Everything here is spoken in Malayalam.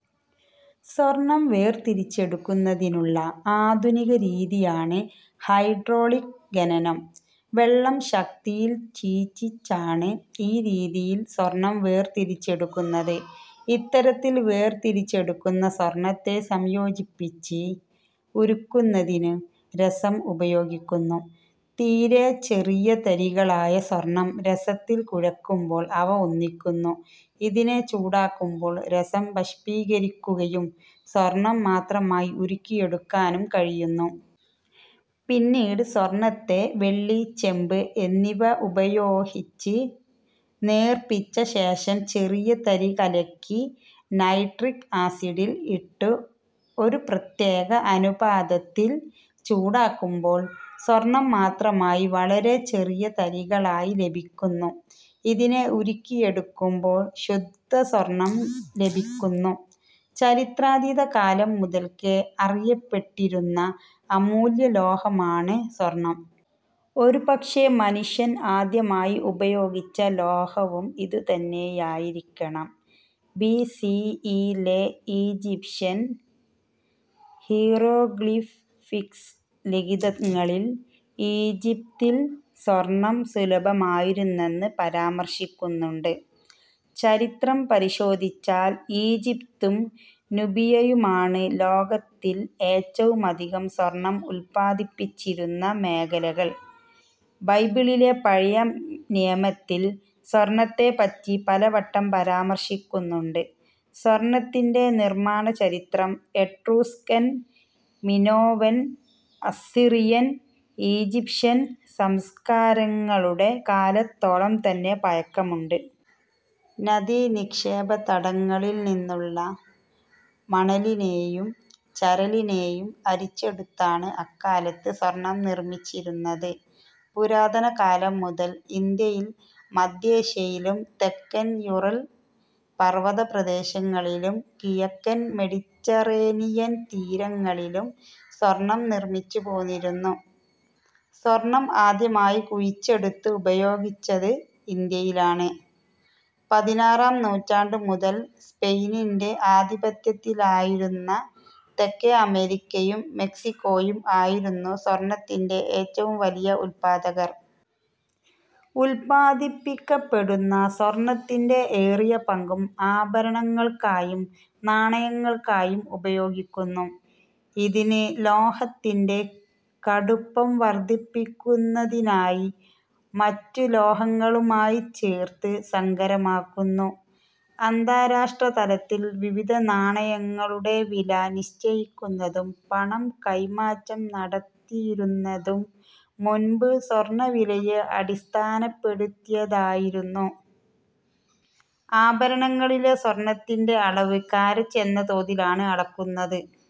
സ്വർണ്ണം വേർതിരിച്ചെടുക്കുന്നതിനുള്ള ആധുനികരീതിയാണ് ഹൈഡ്രോളിക് ഖനനം. വെള്ളം ശക്തിയിൽ ചീറ്റിച്ചാണ് ഈ രീതിയിൽ സ്വർണ്ണം വേർതിരിച്ചെടുക്കുന്നത്. ഇത്തരത്തിൽ വേർതിരിച്ചെടുക്കുന്ന സ്വർണ്ണത്തെ സംയോജിപ്പിച്ച് ഉരുക്കുന്നത്തിനു രസം ഉപയോഗിക്കുന്നു. തീരെ ചെറിയ തരികളായ സ്വർണം രസത്തിൽ കുഴക്കുമ്പോൾ അവ ഒന്നിക്കുന്നു ഇതിനെ ചൂടാക്കുമ്പോൾ രസം ബഷ്പീകരിക്കുകയും സ്വർണം മാത്രമായി ഉരുക്കിയെടുക്കാനും കഴിയുന്നു. പിന്നീട് സ്വർണത്തെ വെള്ളി, ചെമ്പ് എന്നിവ ഉപയോഹിച്ചു നേർപ്പിച്ച ശേഷം ചെറിയ തരികലക്കി നൈട്രിക് ആസിഡിൽ ഇട്ടു ഒരു പ്രത്യേക അനുപാതത്തിൽ ചൂടാക്കുമ്പോൾ സ്വർണം മാത്രമായി വളരെ ചെറിയ തരികളായി ലെഭിക്കുന്നു ഇതിനെ ഉരുക്കിയെടുക്കുമ്പോൾ ശുദ്ധ സ്വർണം ലെഭിക്കുന്നു. ചരിത്രാതീത കാലം മുതൽക്കേ അറിയപ്പെട്ടിരുന്ന അമൂല്യലോഹമാണ് സ്വർണ്ണം. ഒരുപക്ഷേ മനുഷ്യൻ ആദ്യമായി ഉപയോഗിച്ച ലോഹവും ഇതുതന്നെയായിരിക്കണം. ബി. സി. ഇ. ലെ ഈജിപ്ഷ്യൻ ഹീറോഗ്ലിഫിക്സ് ലിഖിതങ്ങളിൽ ഈജിപ്തിൽ സ്വർണ്ണം സുലഭമായിരുന്നെന്ന് പരാമർശിക്കുന്നുണ്ട്. ചരിത്രം പരിശോധിച്ചാൽ ഈജിപ്തും നുബിയയുമാണ് ലോകത്തിൽ ഏറ്റവുമധികം സ്വർണ്ണം ഉല്പ്പാദിപ്പിച്ചിരുന്ന മേഖലകൾ. ബൈബിളിലെ പഴയ നിയമത്തിൽ സ്വർണ്ണത്തെപ്പറ്റി പലവട്ടം പരാമർശിക്കുന്നുണ്ട്. സ്വർണ്ണത്തിന്റെ നിർമ്മാണചരിത്രം എട്രൂസ്കൻ, മിനോവൻ, അസ്സിറിയൻ, ഈജിപ്ഷ്യൻ സംസ്കാരങ്ങളുടെ കാലത്തോളം തന്നെ പഴക്കമുണ്ട്. നദീനിക്ഷേപതടങ്ങളിൽ നിന്നുള്ള മണലിനെയും ചരലിനേയും അരിച്ചെടുത്താണ് അക്കാലത്ത് സ്വർണ്ണം നിർമ്മിച്ചിരുന്നത്. പുരാതനകാലം മുതൽ ഇന്ത്യയിൽ മദ്ധ്യേഷ്യയിലും തെക്കൻ യുറൽ പർവ്വത പ്രദേശങ്ങളിലും കിഴക്കൻ മെഡിറ്ററേനിയൻ തീരങ്ങളിലും സ്വർണ്ണം നിർമ്മിച്ചു പോന്നിരുന്നു. സ്വർണ്ണം ആദ്യമായി കുഴിച്ചെടുത്ത് ഉപയോഗിച്ചത് ഇന്ത്യയിലാണ്. പതിനാറാം നൂറ്റാണ്ടു മുതൽ സ്പെയിനിന്റെ ആധിപത്യത്തിലായിരുന്ന തെക്കേ അമേരിക്കയും മെക്സിക്കോയും ആയിരുന്നു സ്വർണ്ണത്തിന്റെ ഏറ്റവും വലിയ ഉൽപ്പാദകർ. ഉൽപ്പാദിപ്പിക്കപ്പെടുന്ന സ്വർണ്ണത്തിന്റെ ഏറിയ പങ്കും ആഭരണങ്ങൾക്കായും നാണയങ്ങൾക്കായും ഉപയോഗിക്കുന്നു. ഇതിന് ലോഹത്തിന്റെ കടുപ്പം വർദ്ധിപ്പിക്കുന്നതിനായി മറ്റു ലോഹങ്ങളുമായി ചേർത്ത് സങ്കരമാക്കുന്നു. അന്താരാഷ്ട്രതലത്തിൽ വിവിധ നാണയങ്ങളുടെ വില നിശ്ചയിക്കുന്നതും പണം കൈമാറ്റം നടത്തിയിരുന്നതും മുൻപ് സ്വർണ്ണവിലയെ അടിസ്ഥാനപ്പെടുത്തിയായിരുന്നു. ആഭരണങ്ങളിലെ സ്വർണ്ണത്തിന്റെ അളവ് കാരറ്റ് എന്ന തോതിലാണ് അളക്കുന്നത്.